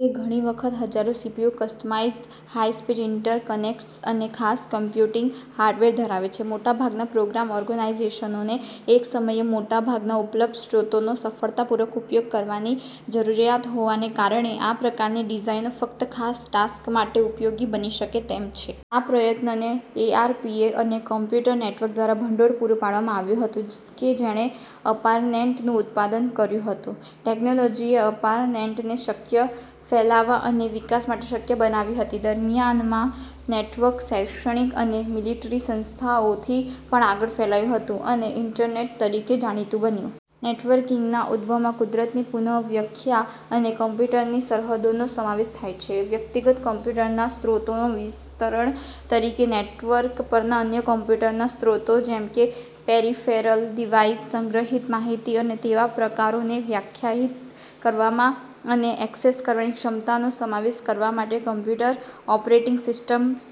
તે ઘણી વખત હજ્જારો CPU, customized high speed interconnects અને ખાસ કમ્પ્યુટીંગ હાર્ડવેર ધરાવે છે. મોટા ભાગના પ્રોગ્રામ ઓર્ગેનાઇઝેશનોને એક સમયે મોટા ભાગના ઉપલબ્ધ સ્ત્રોતોનો સફળતાપૂર્વક ઉપયોગ કરવાની જરૂરિયાત હોવાને કારણે આ પ્રકારની ડિઝાઇનો ફક્ત ખાસ ટાસ્ક માટે ઉપયોગી બની શકે તેમ છે. આ પ્રયત્નને એઆરપીએ અને કમ્પ્યુટર નેટવર્ક દ્વારા ભંડોળ પૂરું પાડવામાં આવ્યું હતું કે જેણે અર્પાનેટ નું ઉત્પાદન કર્યું હતું. ટેકનોલોજીએ અર્પાનેટને શક્ય ફેલાવા અને વિકાસ માટે શક્ય બનાવી હતી. દરમિયાનમાં નેટવર્ક શૈક્ષણિક અને મિલીટરી સંસ્થાઓથી પણ આગળ ફેલાયું હતું અને ઇન્ટરનેટ તરીકે જાણીતુ બન્યુ. નેટવર્કીંગના ઉદભવમાં કુદરતની પુનઃવ્યખ્યા અને કમ્પ્યુટરની સરહદોનો સમાવેશ થાય છે. વ્યક્તિગત કમ્પ્યુટરના સ્ત્રોતોના વિસ્તરણ તરીકે નેટવર્ક પરના અન્ય કમ્પ્યુટરના સ્ત્રોતો જેમ કે પેરિફેરલ ડિવાઇસ, સંગ્રહીત માહિતી અને તેવા પ્રકારોને વ્યાખ્યાયિત કરવામાં અને એક્સેસ કરવાની ક્ષમતાનો સમાવેશ કરવા માટે કમ્પ્યુટર ઓપરેટિંગ સિસ્ટમ્સ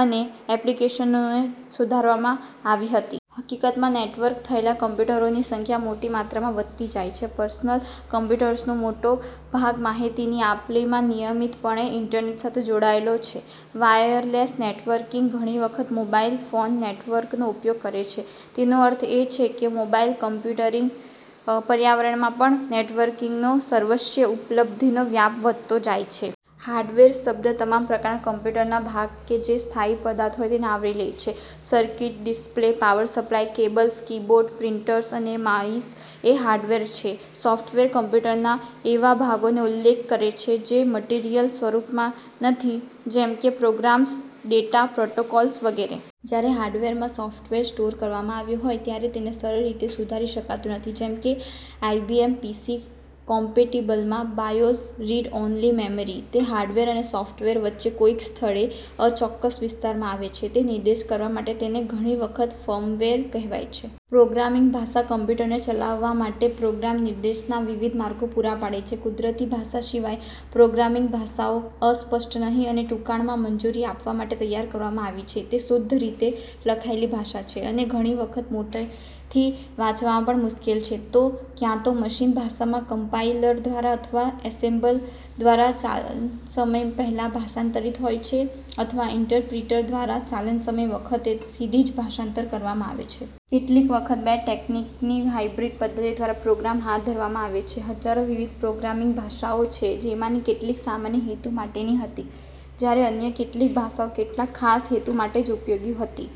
અને એપ્લીકેશનોને સુધારવામાં આવી હતી. હકીકતમાં નેટવર્ક થયેલા કમ્પ્યુટરોની સંખ્યા મોટી માત્રામાં વધતી જાય છે. પર્સનલ કમ્પ્યુટર્સનો મોટો ભાગ માહિતીની આપ-લેમાં નિયમિતપણે ઇન્ટરનેટ સાથે જોડાયેલો છે. "વાયરલેસ" નેટવર્કીંગ ઘણી વખત મોબાઇલ ફોન નેટવર્કનો ઉપયોગ કરે છે, તેનો અર્થ એ કે મોબાઇલ કમ્પ્યુટીંગ પર્યાવરણમાં પણ નેટવર્કીંગનો સર્વસ્વ ઉપલબ્ધિનો વ્યાપ વધતો જાય છે. હાર્ડવેર શબ્દ તમામ પ્રકારના કમ્પ્યુટરના ભાગ કે જે સ્થાયી પદાર્થ હોય તેને આવરી લે છે. Circuit, display, power supply, cables, keyboard, printers અને માઇસ એ હાર્ડવેર છે. સોફ્ટવેર કમ્પ્યુટરના એવા ભાગોનો ઉલ્લેખ કરે છે, જે મટીરીયલ સ્વરૂપમાં નથી, જેમ કે પ્રોગ્રામ્સ, ડેટા, પ્રોટોકોલ્સ વગેરે. જ્યારે હાર્ડવેરમાં સોફ્ટવેર સ્ટોર કરવામાં આવ્યો હોય ત્યારે, તેને સરળ રીતે સુધારી શકાતું નથી જેમ કે આઇબીએમ પીસી કોમ્પેટીબલમાં બાયોસ, રિડ-ઓન્લી મેમરી, તે હાર્ડવેર અને સોફ્ટવેર વચ્ચે કોઇક સ્થળે અચોક્કસ વિસ્તારમાં આવે છે તે નિર્દેશ કરવા માટે તેને ઘણી વખત "ફર્મવેર" કહેવાય છે. પ્રોગ્રામીંગ ભાષા કમ્પ્યુટરને ચલાવવા માટે પ્રોગ્રામ નિર્દેશના વિવિધ માર્ગો પૂરા પાડે છે કુદરતી ભાષા સિવાય, પ્રોગ્રામીંગ ભાષાઓ અસ્પષ્ટ નહી અને ટૂંકાણમાં મંજૂરી આપવા માટે તૈયાર કરવામાં આવી છે. તે શુદ્ધ રીતે લખાયેલી ભાષા છે અને ઘણી વખત મોટેથી વાંચવામાં પણ મુશ્કેલ છે તે ક્યાંતો મશિન ભાષામાં કમ્પાઇલર દ્વારા અથવા એસેમ્બ્લર દ્વારા ચાલનસમય પહેલા ભાષાંતરીત હોય છે અથવા ઇન્ટરપ્રિટર દ્વારા ચાલનસમય વખતે સીધી જ ભાષાંતર કરવામાં આવે છે. કેટલીક વખત બે ટેકનીકની હાઇબ્રીડ પદ્ધતિ દ્વારા પ્રોગ્રામ હાથ ધરવામાં આવે છે. હજ્જારો વિવિધ પ્રોગ્રામીંગ ભાષાઓ છે-જેમાંની કેટલીક સામાન્ય હેતુ માટેની હતી, જ્યારે અન્ય કેટલીક ભાષાઓ કેટલાક ખાસ હેતુ માટે જ ઉપયોગી હતી.